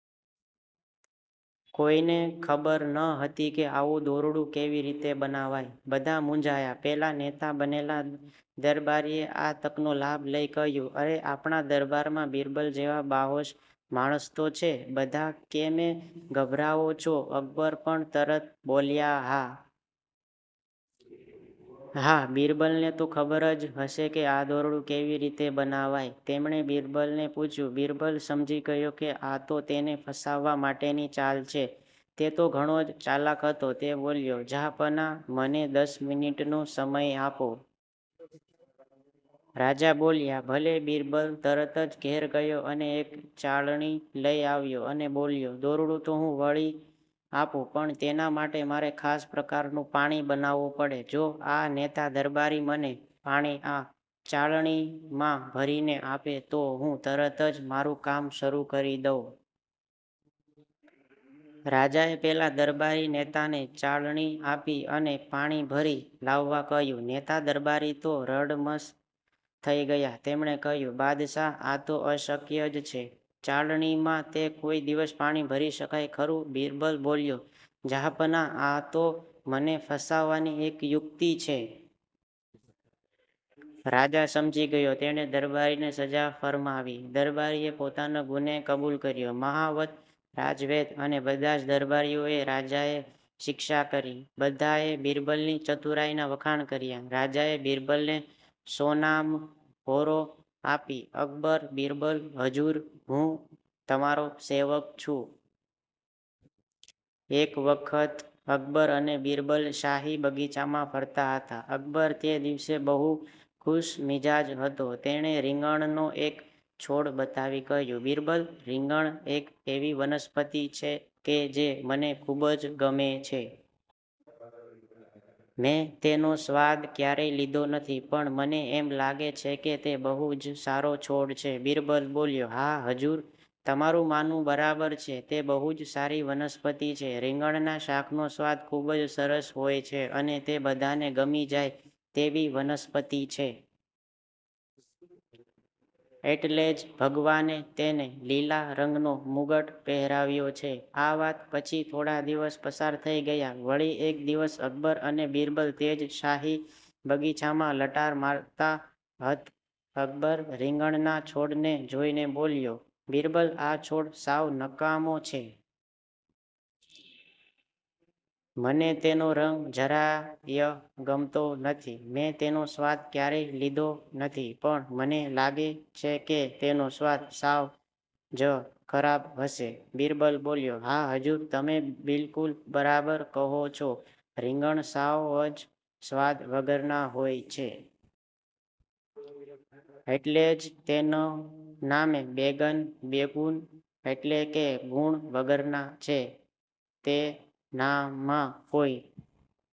કોઈને ખબર ન હતી કે આવું દોરડું કેવી રીતે બનાવાય. બધા મૂંઝાયા. પેલા નેતા બનેલા દરબારીએ આ તકનો લાભ લઈ કહ્યું અરે આપણા દરબારમાં બિરબલ જેવા બાહોશ માણસ તો છે. બધા કેમે ગભરાઓ છો અકબર પણ તરત બોલ્યા હા.. હા.. બિરબલને તો ખબર જ હશે કે આ દોરડું કેવી રીતે બનાવાય તેમણે બિરબલને પૂછ્યું બિરબલ સમજી ગયો કે આ તો તેને ફસાવવા માટેની ચાલ છે. તે તો ઘણો જ ચાલાક હતો તે બોલ્યો જહાંપનાહ મને દસ મિનિટનો સમય આપો. રાજા બોલ્યા ભલે..બિરબલ તરત જ ઘેર ગયો અને એક ચાલણી લઈ આવ્યો અને બોલ્યો દોરડું તો હું વળી આપું પણ તેના માટે મારે ખાસ પ્રકારનું પાણી બનાવવું પડે જો આ નેતા દરબારી મને પાણી આ ચાળણીમાં ભરીને આપે તો હું તરત જ મારું કામ શરૂ કરી દઉં. રાજાએ પેલા દરબારી નેતાને ચાળણી આપી અને પાણી ભરી લાવવા કહ્યું. નેતા દરબારી તો રડમસ થઈ ગયા. તેમણે કહ્યું બાદશાહ આ તો અશક્ય જ છે. ચાળણીમાં તે કોઈ દિવસ પાણી ભરી શકાય ખરું બિરબલ બોલ્યો જહાંપનાહ આતો મને ફસાવવાની એક યુક્તિ છે. રાજા સમજી ગયો તેણે દરબારીને સજા ફરમાવી. દરબારીએ પોતાનો ગુને કબૂલ કર્યો. મહાવત રાજવૈદ અને બધા જ દરબારીઓને રાજાએ શિક્ષા કરી. બધાએ બિરબલની ચતુરાઈનાં વખાણ કર્યા. રાજાએ બિરબલને સોનામહોરો આપી. અકબર-બિરબલ હજૂર, હું તમારો સેવક છું.. એક વખત અકબર અને બિરબલ શાહી બગીચામાં ફરતા હતા. અકબર તે દિવસે બહુ ખુશમિજાજ હતો. તેણે રીંગણનો એક છોડ બતાવી કહ્યું; બિરબલ, રીંગણ એક એવી વનસ્પતિ છે કે જે મને ખૂબ જ ગમે છે. મેં તેનો સ્વાદ ક્યારેય લીધો નથી પણ મને એમ લાગે છે કે તે બહુ જ સારો છોડ છે. બિરબલ બોલ્યો; હા, હજૂર. તમારું માનવું બરાબર છે. તે બહુ જ સારી વનસ્પતિ છે. રીંગણના શાકનો સ્વાદ ખૂબ જ સરસ હોય છે અને તે બધાને ગમી જાય તેવી વનસ્પતિ છે. એટલે જ ભગવાને તેનૅ લીલા રંગનો મુગટ પહેરાવ્યો છે. આ વાત પછી થોડા દિવસ પસાર થઈ ગયા. વળી એક દિવસ અકબર અને બિરબલ તે જ શાહી બગીચામાં લટાર મારતા હત અકબર રીંગણના છોડને જોઈને બોલ્યો; બિરબલ, આ છોડ સાવ નકામો છે. મને તેનો રંગ જરા ય ગમતો નથી. મેં તેનો સ્વાદ ક્યારેય લીધો નથી પણ મને લાગે છે કે તેનો સ્વાદ સાવ જ ખરાબ હશે. બિરબલ બોલ્યો; હા, હજૂર. તમે બિલકુલ બરાબર કહો છો. રીંગણ સાવ જ સ્વાદ વગરના હોય છે. એટલે જ તેનું નામે "બેંગન" બેંગુન.. એટલે કે ગૂણ વગરના છે.. તેનામાં કોઈ